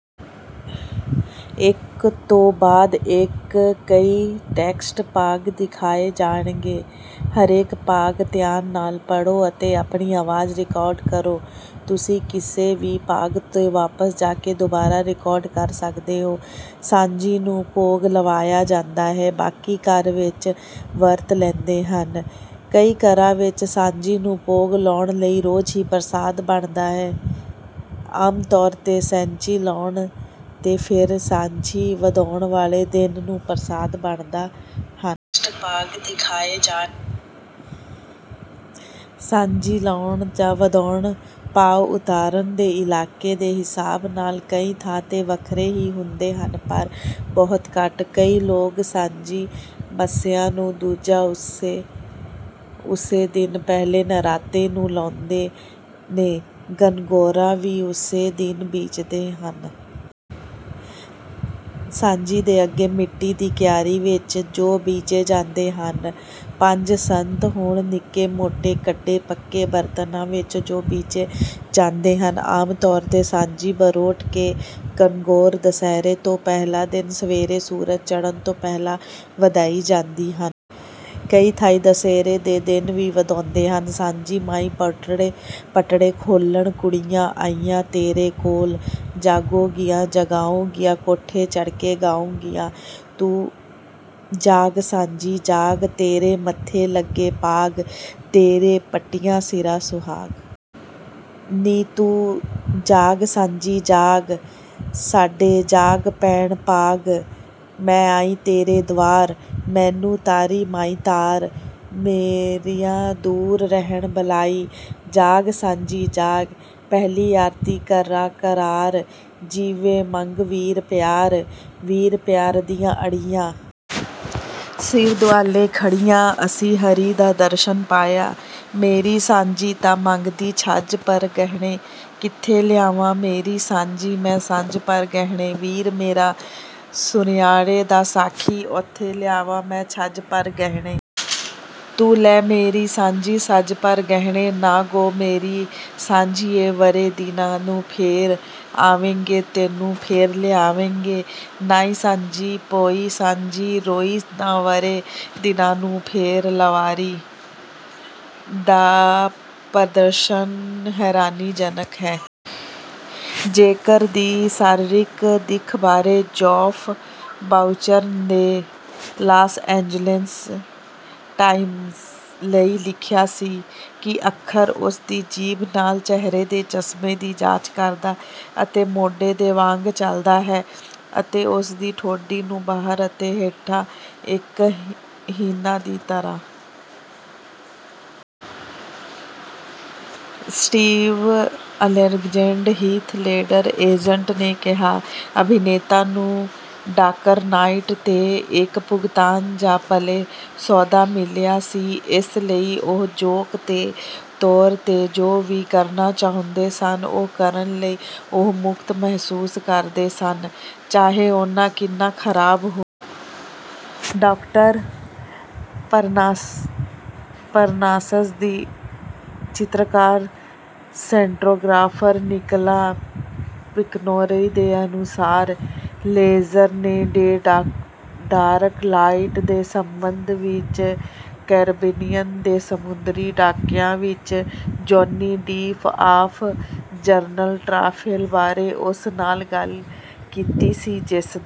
ਸਾਂਝੀ ਨੂੰ ਭੋਗ ਲਵਾਇਆ ਜਾਂਦਾ ਹੈ। ਬਾਕੀ ਘਰ ਵਿੱਚ ਵਰਤ ਲੈਂਦੇ ਹਨ। ਕਈ ਘਰਾਂ ਵਿੱਚ ਸਾਂਝੀ ਨੂੰ ਭੋਗ ਲਾਉਣ ਲਈ ਰੋਜ ਹੀ ਪ੍ਰਸਾਦ ਬਣਦਾ ਹੈ। ਆਮ ਤੌਰ ਤੇ ਸਾਂਝੀ ਲਾਉਣ ਤੇ ਫਿਰ ਸਾਂਝੀ ਵਧਾਉਣ ਵਾਲੇ ਦਿਨ ਹੀ ਪ੍ਰਸਾਦ ਬਣਦਾ ਹੈ। ਸਾਂਝੀ ਲਾਉਣ ਜਾਂ ਵਧਾਉਣ ਭਾਵ ਉਤਾਰਣ ਦਾ ਇਲਾਕੇ ਦੇ ਹਿਸਾਬ ਨਾਲ ਕਈ ਥਾਂ ਤੇ ਵੱਖਰੇ ਵੀ ਹੁੰਦੇ ਹਨ ਪਰ ਬਹੁਤ ਘੱਟ। ਕਈ ਲੋਕ ਸਾਂਝੀ ਮੱਸਿਆ ਤੋਂ ਦੂਜਾ ਉਸੇ ਦਿਨ ਪਹਿਲੇ ਨਰਾਤੇ ਨੂੰ ਲਾਉਂਦੇ ਨੇ ਗਨਗੋਰਾ ਵੀ ਉਸੇ ਦਿਨ ਬੀਜਦੇ ਨੇ। ਸਾਂਝੀ ਦੇ ਅੱਗੇ ਮਿਟੀ ਦੀ ਕਿਆਰੀ ਵਿੱਚ ਜੌ ਬੀਜੇ ਜਾਂਦੇ ਹਨ ਪੰਜ ਸੱਤ ਹੋਰ ਨਿਕੇ ਮੋਟੇ ਕੱਢੇ ਪੱਕੇ ਬਰਤਨਾਂ ਵਿੱਚ ਜੌ ਬੀਜੇ ਜਾਂਦੇ ਹਨ। ਆਮ ਤੌਰ ਤੇ ਸਾਂਝੀ ਬਰੋਟੇ ਤੇ ਗਨਗੋਰਾ ਦੁਸਹਿਰੇ ਤੋਂ ਪਹਿਲੇ ਦਿਨ ਸਵੇਰੇ ਸਵੇਰੇ ਸੂਰਜ ਚੜ੍ਹਨ ਤੋਂ ਪਹਿਲਾ ਵਧਾਈਆਂ ਜਾਂਦੀਆਂ ਹਨ। ਕਈ ਥਾਈਂ ਦੁਸਹਿਰੇ ਦੇ ਦਿਨ ਵੀ ਵਧਾਉਂਦੇ ਹਨ। ਸਾਂਝੀ ਮਾਈ ਪਟੜੇ ਖੋਲ ਕੁੜੀਆ ਆਈਆ ਤੇਰੇ ਕੋਲ। ਜਾਗੂੰ ਗੀ ਜਗਾਉਂਗੀ ਕੋਠੇ ਚੜ ਕੇ ਗਾਉਂਗੀ। ਤੂੰ ਜਾਗ ਸਾਂਝੀ ਜਾਗ ਤੇਰੇ ਮੱਥੇ ਲੱਗੇ ਭਾਗ ਤੇਰੇ ਪੱਟੀਆਂ ਸਿਰ ਸੁਹਾਗ। ਨੀ ਤੂੰ ਜਾਗ ਸਾਂਝੀ ਜਾਗ। ਸਾਡੇ ਜਾਗ ਪੈਣ ਭਾਗ। ਮੈ ਆਈ ਤੇਰੇ ਦਵਾਰ। ਮੈਨੂੰ ਤਾਰੀ ਮਾਈ ਤਾਰ। ਮੇਰੀਆ ਦੂਰ ਰਹਿਣ ਬਲਾਈ। ਜਾਗ ਸਾਂਝੀ ਜਾਗ। ਪਹਿਲੀ ਆਰਤੀ ਕਰਾ ਕਰਾਰ। ਜੀਵੇ ਮੰਗ ਵੀਰ ਪਿਆਰ। ਵੀਰ ਪਿਆਰ ਦੀਆਂ ਅੜੀਆ। ਸ਼ਿਵ ਦੁਆਲੇ ਖੜ੍ਹੀਆ। ਅਸੀਂ ਹਰਿ ਦਾ ਦਰਸ਼ਨ ਪਾਇਆ। ਮੇਰੀ ਸਾਂਝੀ ਤਾਂ ਮੰਗਦੀ ਛੱਜ ਭਰ ਗਹਿਣੇ। ਕਿੱਥੋਂ ਲਿਆਵਾ ਮੇਰੀ ਸਾਂਝੀ ਮੈਂ ਛੱਜ ਭਰ ਗਹਿਣੇ। ਵੀਰ ਮੇਰਾ ਸੁਣਿਆਰੇ ਦਾ ਸਾਖੀ ਉਥੇ ਲਿਆਵਾ ਮੈਂ ਛੱਜ ਭਰ ਗਹਿਣੇ। ਤੂੰ ਲੈ ਮੇਰੀ ਸਾਂਝੀ ਛੱਜ ਭਰ ਗਹਿਣੇ। ਨਾ ਗੋਅ ਮੇਰੀਏ ਸਾਂਝੀਏ ਵਰੇ ਦਿਨਾਂ ਨੂੰ ਫੇਰ ਆਵਾਂਗੇ ਤੈਨੂੰ ਫੇਰ ਲਿਆਵਾਂਗੇ। ਨਾਈ ਸਾਂਝੀ ਪੋਈ ਸਾਂਝੀ ਰੋਈ ਨਾ ਵਰੇ ਦਿਨਾਂ ਨੂੰ ਫੇਰ ਲਾਵਾਰੀ। ਦਾ ਪ੍ਰਦਰਸ਼ਨ ਹੈਰਾਨੀਜਨਕ ਹੈ। ਜੋਕਰ ਦੀ ਸਰੀਰਕ ਦਿੱਖ ਬਾਰੇ ਜੌਫ ਬਾਊਚਰ ਨੇ ਲਾਸ ਏਂਜਲਸ ਟਾਈਮਜ਼ ਲਈ ਲਿਖਿਆ ਸੀ ਕਿ ਅੱਖਰ ਉਸ ਦੀ ਜੀਭ ਨਾਲ ਚਿਹਰੇ ਦੇ ਚਸ਼ਮੇ ਦੀ ਜਾਂਚ ਕਰਦਾ ਹੈ ਅਤੇ ਮੋਢੇ ਦੇ ਵਾਂਗ ਚਲਦਾ ਹੈ ਅਤੇ ਉਸ ਦੀ ਠੋਡੀ ਨੂੰ ਬਾਹਰ ਅਤੇ ਹੇਠਾਂ ਇੱਕ ਹਿਨਾ ਦੀ ਤਰ੍ਹਾਂ। ਸਟੀਵ ਅਲੈਗਜੈਂਡਰ ਹੀਥ ਲੇਡਰ ਦੇ ਏਜੰਟ ਨੇ ਕਿਹਾ ਕਿ ਅਭਿਨੇਤਾ ਨੂੰ ਡਾਰਕ ਨਾਈਟ ਤੇ ਇੱਕ ਭੁਗਤਾਨ ਜਾਂ ਪਲੇ ਸੌਦਾ ਮਿਲਿਆ ਸੀ ਇਸ ਲਈ ਉਹ ਜੋਕ ਦੇ ਤੌਰ ਤੇ ਜੋ ਵੀ ਕਰਨਾ ਚਾਹੁੰਦੇ ਸਨ ਉਹ ਕਰਨ ਲਈ ਉਹ ਮੁਕਤ ਮਹਿਸੂਸ ਕਰਦੇ ਸਨ ਚਾਹੇ ਉਹ ਕਿੰਨਾ ਖਰਾਬ ਹੋਵੇ। ਡਾਕਟਰ ਪਾਰਨਾਸਸ ਦੀ ਚਿੱਤਰਕਾਰ ਸਿਨੈਟੋਗ੍ਰਾਫਰ ਨਿਕੋਲਾ ਪਿਕੋਰਨੀ ਦੇ ਅਨੁਸਾਰ ਲੇਜ਼ਰ ਨੇ ਡੇ ਡਾਰਕ ਨਾਈਟ ਦੇ ਸਬੰਧ ਵਿੱਚ ਕੈਰੀਬੀਅਨ ਦੇ ਸਮੁੰਦਰੀ ਡਾਕੂਆਂ ਵਿੱਚ ਜੌਨੀ ਡਿਪ ਦੇ ਆਫ ਜਰਨਟ੍ਰਾਫੇਲ ਬਾਰੇ ਉਸ ਨਾਲ ਗੱਲ ਕੀਤੀ ਸੀ ਜਿਸਦਾ